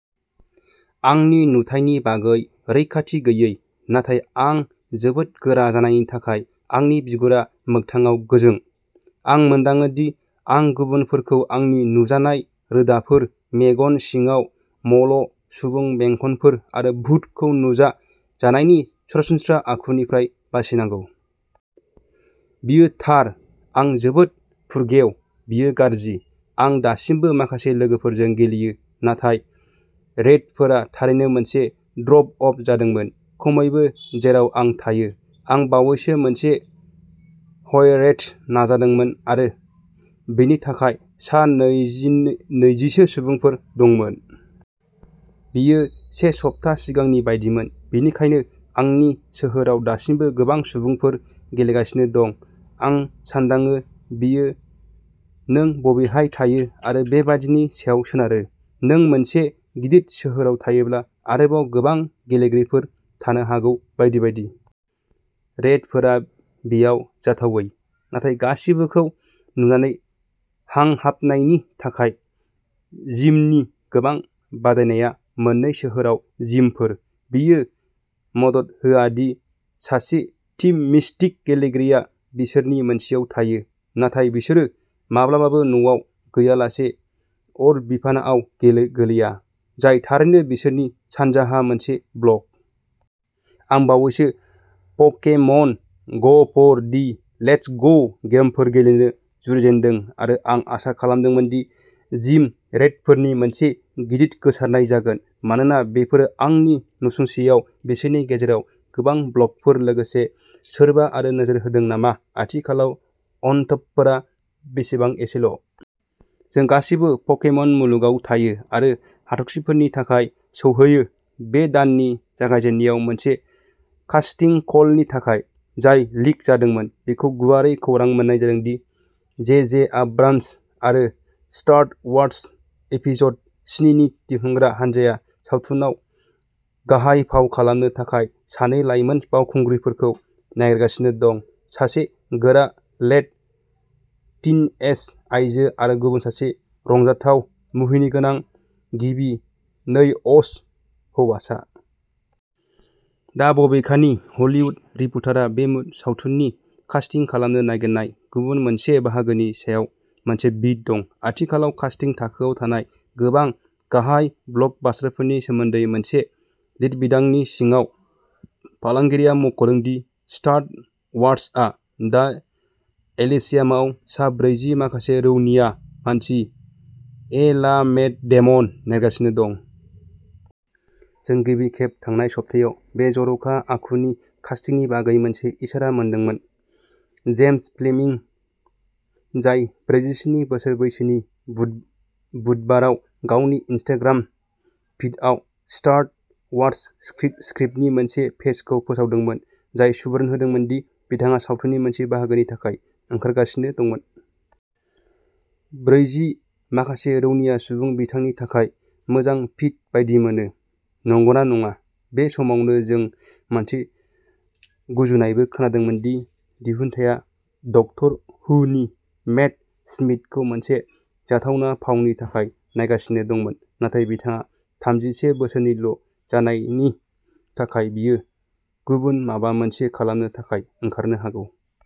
आंनि नुथायनि बागै रैखाथि गैयि, नाथाय आं जोबोद गोरा जानायनि थाखाय आंनि बिगुरा मोगथाङाव गोजों। आं मोनदाङो दि आं गुबुनफोरखौ आंनि नुजानाय रोदाफोर, मेगन सिङाव म'ल सुबुं बेंखनफोर, आरो भुतखौ नुजा जानायनि सरासनस्रा आखुनिफ्राय बासिनांगौ। बेयो थार आं जोबोद फुरगेव, बेयो गाज्रि। आं दासिमबो माखासे लोगोफोरजों गेलेयो नाथाय रेइडफोरा थारैनो मोनसे ड्रप अफ जादोंमोन खमैबो जेराव आं थायो। आं बावैसो मोनसे ह'अरेइड नाजादोंमोन आरो बेनि थाखाय सा नैजिसो सुबुंफोर दंमोन। बेयो से सप्ता सिगांनि बायदिमोन, बेनिखायनो आंनि सोहोराव दासिमबो गोबां सुबुंफोर गेलेगासिनो दं। आं सान्दाङो बेयो नों बबेहाय थायो आरो बेबादिनि सायाव सोनारो। नों मोनसे गिदिर सोहोराव थायोब्ला आरोबाव गोबां गेलेगिरिफोर थानो हागौ, बायदि बायदि। रेइडफोरा बेयाव जाथावै, नाथाय गासिबोखौ नुनानै हांहाबनायनि थाखाय जिमनि गोबां बादायनाया मोननै सोहोराव जिमफोर। बेयो मदद होआ दि सासे टिम मिस्टिक गेलेगिरिया बिसोरनि मोनसेयाव थायो। नाथाय बिसोरो माब्लाबाबो न'आव गैयालासे अर बिफानआव गेलेया, जाय थारैनो बिसोरनि सानजाहा मोनसे ब्लक। आं बावैसो पकेमन ग'फर दि लेट्स ग' गेमफोर गेलेनो जुरिजेनदों आरो आं आसा खालामदोंमोन दि जिम रेइडफोरनि मोनसे गिदिर गोसारनाय जागोन मानोना बेफोरो आंनि नसुंसेआव बिसोरनि गेजेराव गोबां ब्लकफोर लोगोसे, सोरबा आरो नोजोर होदों नामा आथिखालाव अनथोबफोरा बेसेबां एसेल'? जों गासैबो पकेमन मुलुगाव थायो आरो हाथरखिफोरनि थाखाय सौहै बे दाननि जागायजेननायाव मोनसे कास्टिं कलनि थाखाय, जाय लिक जादोंमोन, बेखौ गुवारै खौरां मोन्नाय जादों दि जे जे आब्राम्स आरो स्टार अवार्स एपिस'ड स्नि नि दिहुनग्रा हानजाया सावथुनाव गाहाय फाव खालामनो थाखाय सानै लाइमोन फावखुंगुरफोरखौ नागिरगासिनो दं सासे गोरा लेट-टिनएज आइजो आरो गुबुन सासे रंजाथाव, मुहिनिगोनां गिबि नै अ'स हौवासा। दा, बबेखानि, हलिउद रिप'र्टरआ बे सावथुननि कास्टिं खालामनो नागिरनाय गुबुन मोनसे बाहागोनि सायाव मोनसे बीट दं। आथिखालाव कास्टिं थाखोआव थानाय गोबां गाहाय ब्लकबास्टारफोरनि सोमोन्दै मोनसे लिरबिदांनि सिङाव, फालांगिया मुंख'दों दि स्टार अवार्सआ दा एलिसियामाव सा ब्रैजि माखासे रौनिया मानसि ए ला मेट डेमन नागिरगासिनो दं। जों गिबि खेब थांनाय सप्तायाव बे जर'खा आखुनि कास्टिंनि बागै मोनसे इसारा मोनदोंमोन। जेसन फ्लेमिंग-जाय ब्रैजिस्नि बोसोर बैसोनि-बुधबाराव गावनि इनस्टाग्राम फिडआव स्टार अवार्स स्क्रिप्टनि मोनसे पेजखौ फोसावदोंमोन, जाय सुबुरुन होदोंमोन दि बिथाङा सावथुननि मोनसे बाहागोनि थाखाय ओंखारगासिनो दंमोन। ब्रैजि माखासे रौनिया सुबुं बिथांनि थाखाय मोजां फिट बायदि मोनो, नंगौना नङा? बे समावनो जों मोनसे गुजुनायबो खोनादोंमोन दि दिहुनथाया डक्टर हुनि मैट स्मिथखौ मोनसे जाथावना फावनि थाखाय नायगासिनो दंमोन, नाथाय बिथाङा थामजिसे बोसोरनिल'जानायनि थाखाय बियो गुबुन माबा मोनसे खालामनो थाखाय ओंखारनो हागौ।